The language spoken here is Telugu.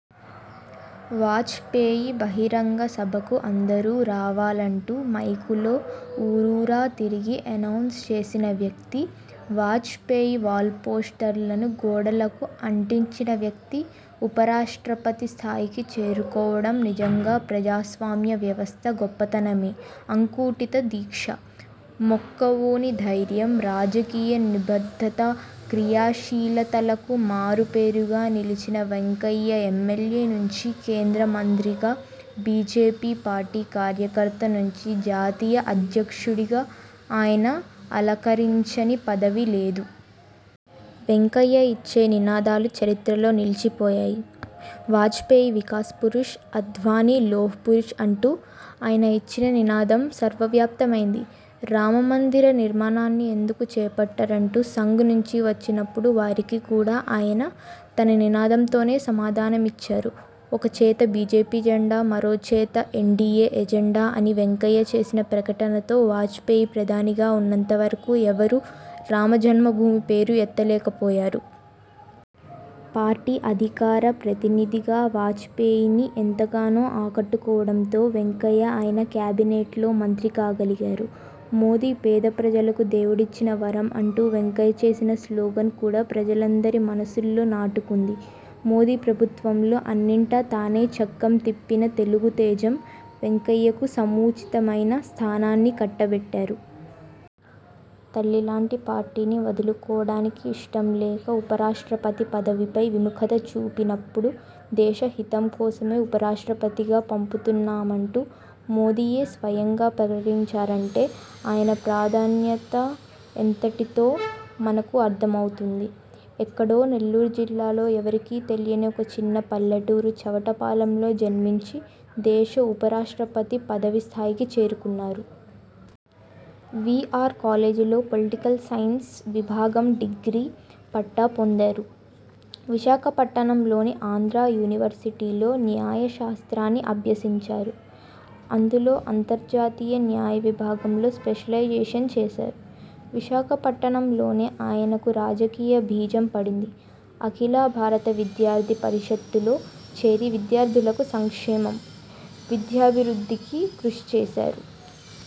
వాజ్పేయి బహిరంగ సభకు అందరూ రావాలంటూ మైకులో ఊరూరా తిరిగి ఎనౌన్స్ చేసిన వ్యక్తి, వాజ్పేయి వాల్పోస్టర్లను గోడలకు అంటించిన వ్యక్తి, ఉపరాష్ట్రపతి స్థాయికి చేరుకోవడం నిజంగా ప్రజాస్వామ్య వ్యవస్థ గొప్పతనమే అంకుఠిత దీక్ష, మొక్కవోని ధైర్యం, రాజకీయ నిబద్ధత, క్రియాశీలతలకు మారు పేరుగా నిలిచిన వెంకయ్య ఎమ్మెల్యే నుంచి కేంద్ర మంత్రిగా బీజేపీ పార్టీ కార్యకర్త నుంచి జాతీయ అధ్యక్షుడిగా ఆయన అలకరించని పదవి లేదు. వెంకయ్య ఇచ్చే నినాదాలు చరిత్రలో నిలిచిపోయాయి. వాజ్పేయి వికాస్ పురుష్, అద్వానీ లోహ్పురుష్ అంటూ ఆయన ఇచ్చిన నినాదం సర్వవ్యాప్తమైంది. రామమందిర నిర్మాణాన్ని ఎందుకు చేపట్టరంటూ సంఘ్ నుంచి వచ్చినప్పుడు వారికి కూడా ఆయన తన నినాదంతోనే సమాధానమిచ్చారు. ఒక చేత బిజెపి జెండా, మరో చేత ఎన్డిఏ ఎజెండా అని వెంకయ్య చేసిన ప్రకటనతో వాజ్పేయి ప్రధానిగా ఉన్నంతవరకూ ఎవరూ రామజన్మభూమి పేరు ఎత్తలేకపోయారు. పార్టీ అధికార ప్రతినిధిగా వాజ్పేయిని ఎంతగానో ఆకట్టుకోవడంతో వెంకయ్య ఆయన క్యాబినెట్లో మంత్రి కాగలిగారు. మోదీ పేద ప్రజలకు దేవుడిచ్చిన వరం అంటూ వెంకయ్య చేసిన స్లోగన్ కూడా ప్రజలందరి మనస్సుల్లో నాటుకుంది. మోదీ ప్రభుత్వంలో అన్నింటా తానై చక్కం తిప్పిన తెలుగు తేజం వెంకయ్యకు సముచితమైన స్థానాన్ని కట్టబెట్టారు. తల్లిలాంటి పార్టీని వదులుకోవడానికి ఇష్టం లేక ఉపరాష్ట్రపతి పదవిపై విముఖత చూపినప్పుడు దేశ హితం కోసమే ఉపరాష్ట్రపతిగా పంపుతున్నామంటూ మోదీయే స్వయంగా ప్రకటించారంటే ఆయన ప్రాధాన్యత ఎంతటితో మనకు అర్ధమవుతుంది. ఎక్కడో నెల్లూరు జిల్లాలో ఎవరికీ తెలియని ఒక చిన్న పల్లెటూరు చవటపాలెంలో జన్మించి దేశ ఉప రాష్ట్రపతి పదవి స్థాయికి చేరుకున్నారు. వీఆర్ కాలేజీలో పొలిటికల్ సైన్స్ విభాగం డిగ్రీ పట్టా పొందారు. విశాఖపట్టణంలోని ఆంధ్రా యూనివర్సిటీలో న్యాయ శాస్త్రాన్ని అభ్యసించారు. అందులో అంతర్జాతీయ న్యాయ విభాగంలో స్పెషలైజేషన్ చేశారు. విశాఖపట్టణంలోనే ఆయనకు రాజకీయ బీజం పడింది. అఖిల భారత విద్యార్థి పరిషత్లో చేరి విద్యార్థుల సంక్షేమం. విద్యాభివృద్ధికి కృషి చేశారు.